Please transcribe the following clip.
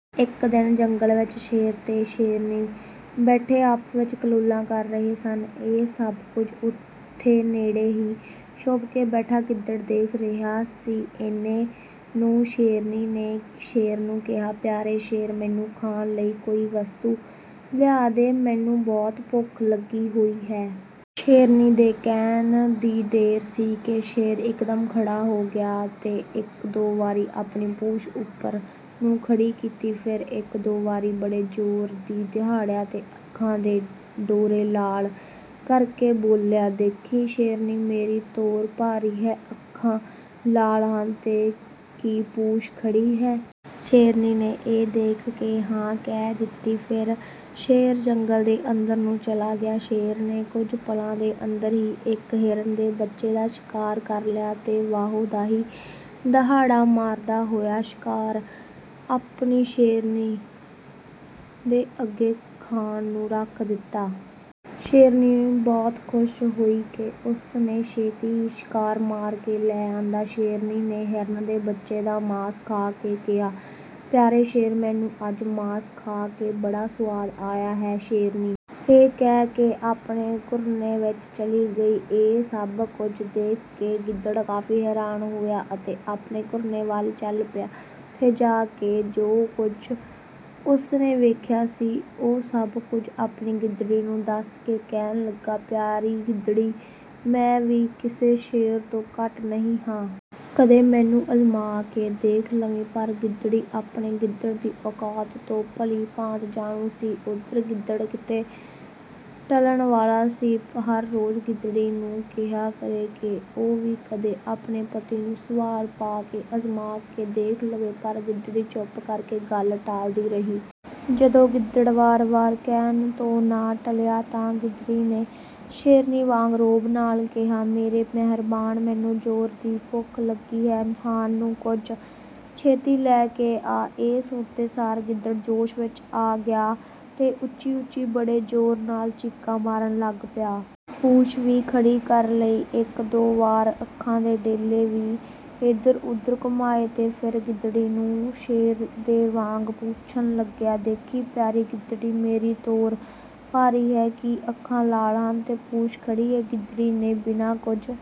ਇੱਕ ਦਿਨ ਜੰਗਲ ਵਿੱਚ ਸ਼ੇਰ ਤੇ ਸ਼ੇਰਨੀ ਬੈਠੇ ਆਪਸ ਵਿੱਚ ਕਲੋਲਾਂ ਕਰ ਰਹੇ ਸਨ। ਇਹ ਸਭ ਕੁਝ ਉੱਥੇ ਨੇੜੇ ਹੀ ਛੁਪ ਕੇ ਬੈਠਾ ਗਿੱਦੜ ਦੇਖ ਰਿਹਾ ਸੀ। ਇੰਨੇ ਨੂੰ ਸ਼ੇਰਨੀ ਨੇ ਸ਼ੇਰ ਨੂੰ ਕਿਹਾ, ''ਪਿਆਰੇ ਸ਼ੇਰ, ਮੈਨੂੰ ਖਾਣ ਲਈ ਕੋਈ ਵਸਤੂ ਲਿਆ ਦੇ, ਮੈਨੂੰ ਬਹੁਤ ਭੁੱਖ ਲੱਗੀ ਹੋਈ ਹੈ।'' ''ਸ਼ੇਰਨੀ ਦੇ ਕਹਿਣ ਦੀ ਦੇਰ ਸੀ ਕਿ ਸ਼ੇਰ ਇਕਦਮ ਖੜ੍ਹਾ ਹੋ ਗਿਆ ਤੇ ਇੱਕ-ਦੋ ਵਾਰੀ ਆਪਣੀ ਪੂੰਛ ਉੱਪਰ ਨੂੰ ਖੜ੍ਹੀ ਕੀਤੀ। ਫਿਰ ਇੱਕ-ਦੋ ਵਾਰੀ ਬੜੇ ਜ਼ੋਰ ਦੀ ਦਿਹਾੜਿਆ ਤੇ ਅੱਖਾਂ ਦੇ ਡੋਰੇ ਲਾਲ ਕਰਕੇ ਬੋਲਿਆ, ''ਦੇਖੀਂ, ਸ਼ੇਰਨੀ, ਮੇਰੀ ਤੋਰ ਭਾਰੀ ਹੈ, ਅੱਖਾਂ ਲਾਲ ਹਨ ਤੇ ਕੀ ਪੂੰਛ ਖੜ੍ਹੀ ਹੈ?'' ਸ਼ੇਰਨੀ ਨੇ ਇਹ ਦੇਖ ਕੇ 'ਹਾਂ' ਕਹਿ ਦਿੱਤੀ। ਫਿਰ ਸ਼ੇਰ ਜੰਗਲ ਦੇ ਅੰਦਰ ਨੂੰ ਚਲਾ ਗਿਆ। ਸ਼ੇਰ ਨੇ ਕੁਝ ਪਲਾਂ ਦੇ ਅੰਦਰ ਹੀ ਇੱਕ ਹਿਰਨ ਦੇ ਬੱਚੇ ਦਾ ਸ਼ਿਕਾਰ ਕਰ ਲਿਆ ਤੇ ਵਾਹੋ-ਦਾਹੀ ਦਹਾੜਾਂ ਮਾਰਦਾ ਹੋਇਆ ਸ਼ਿਕਾਰ ਆਪਣੀ ਸ਼ੇਰਨੀ ਦੇ ਅੱਗੇ ਖਾਣ ਨੂੰ ਰੱਖ ਦਿੱਤਾ। ਸ਼ੇਰਨੀ ਬਹੁਤ ਖ਼ੁਸ਼ ਹੋਈ ਕਿ ਉਸ ਨੇ ਛੇਤੀ ਹੀ ਸ਼ਿਕਾਰ ਮਾਰ ਕੇ ਲੈ ਆਂਦਾ। ਸ਼ੇਰਨੀ ਨੇ ਹਿਰਨ ਦੇ ਬੱਚੇ ਦਾ ਮਾਸ ਖਾ ਕੇ ਕਿਹਾ, ''ਪਿਆਰੇ ਸ਼ੇਰ, ਮੈਨੂੰ ਅੱਜ ਮਾਸ ਖਾ ਕੇ ਬੜਾ ਸੁਆਦ ਆਇਆ ਹੈ।"ਸ਼ੇਰਨੀ ਇਹ ਕਹਿ ਕੇ ਆਪਣੇ ਘੁਰਨੇ ਵਿੱਚ ਚਲੀ ਗਈ। ਇਹ ਸਭ ਕੁਝ ਦੇਖ ਕੇ ਗਿੱਦੜ ਕਾਫ਼ੀ ਹੈਰਾਨ ਹੋਇਆ ਅਤੇ ਆਪਣੇ ਘੁਰਨੇ ਵੱਲ ਚੱਲ ਪਿਆ। ਉੱਥੇ ਜਾ ਕੇ ਜੋ ਕੁਝ ਉਸ ਨੇ ਵੇਖਿਆ ਸੀ, ਉਹ ਸਭ ਕੁਝ ਆਪਣੀ ਗਿੱਦੜੀ ਨੂੰ ਦੱਸ ਕੇ ਕਹਿਣ ਲੱਗਾ, ''ਪਿਆਰੀ ਗਿੱਦੜੀ, ਮੈਂ ਵੀ ਕਿਸੇ ਸ਼ੇਰ ਤੋਂ ਘੱਟ ਨਹੀਂ ਹਾਂ। ਕਦੇ ਮੈਨੂੰ ਅਜ਼ਮਾ ਕੇ ਦੇਖ ਲਵੀਂ।''ਪਰ ਗਿੱਦੜੀ ਆਪਣੇ ਗਿੱਦੜ ਦੀ ਔਕਾਤ ਤੋਂ ਭਲੀ-ਭਾਂਤ ਜਾਣੂ ਸੀ। ਓਧਰ ਗਿੱਦੜ ਕਿੱਥੇ ਟਲਣ ਵਾਲਾ ਸੀ। ਹਰ ਰੋਜ਼ ਗਿੱਦੜੀ ਨੂੰ ਕਿਹਾ ਕਰੇ ਕਿ ਉਹ ਵੀ ਕਦੇ ਆਪਣੇ ਪਤੀ ਨੂੰ ਸਵਾਲ ਪਾ ਕੇ ਅਜ਼ਮਾ ਕੇ ਦੇਖ ਲਵੇ, ਪਰ ਗਿੱਦੜੀ ਚੁੱਪ ਕਰਕੇ ਗੱਲ ਟਾਲਦੀ ਰਹੀ। ਜਦੋਂ ਗਿੱਦੜ ਵਾਰ-ਵਾਰ ਕਹਿਣ ਤੋਂ ਨਾ ਟਲਿਆ ਤਾਂ ਗਿੱਦੜੀ ਨੇ ਸ਼ੇਰਨੀ ਵਾਂਗ ਰੋਅਬ ਨਾਲ ਕਿਹਾ, ''ਮੇਰੇ ਮਿਹਰਬਾਨ, ਮੈਨੂੰ ਜ਼ੋਰ ਦੀ ਭੁੱਖ ਲੱਗੀ ਹੈ, ਖਾਣ ਨੂੰ ਕੁਝ ਛੇਤੀ ਲੈ ਕੇ ਆ।" ਇਹ ਸੁਣਦੇ ਸਾਰ ਗਿੱਦੜ ਜੋਸ਼ ਵਿੱਚ ਆ ਗਿਆ ਤੇ ਉੱਚੀ-ਉੱਚੀ ਬੜੇ ਜ਼ੋਰ ਨਾਲ ਚੀਕਾਂ ਮਾਰਨ ਲੱਗ ਪਿਆ। ਪੂੰਛ ਵੀ ਖੜ੍ਹੀ ਕਰ ਲਈ, ਇੱਕ-ਦੋ ਵਾਰ ਅੱਖਾਂ ਦੇ ਡੇਲੇ ਵੀ ਇੱਧਰ-ਉੱਧਰ ਘੁੰਮਾਏ ਤੇ ਫਿਰ ਗਿੱਦੜੀ ਨੂੰ ਸ਼ੇਰ ਦੇ ਵਾਂਗ ਪੁੱਛਣ ਲੱਗਿਆ, ''ਦੇਖੀਂ, ਪਿਆਰੀ ਗਿੱਦੜੀ, ਮੇਰੀ ਤੋਰ ਭਾਰੀ ਹੈ, ਕੀ ਅੱਖਾਂ ਲਾਲ ਹਨ ਤੇ ਪੂੰਛ ਖੜ੍ਹੀ ਹੈ?'' ਗਿੱਦੜੀ ਨੇ ਬਿਨਾਂ ਕੁਝ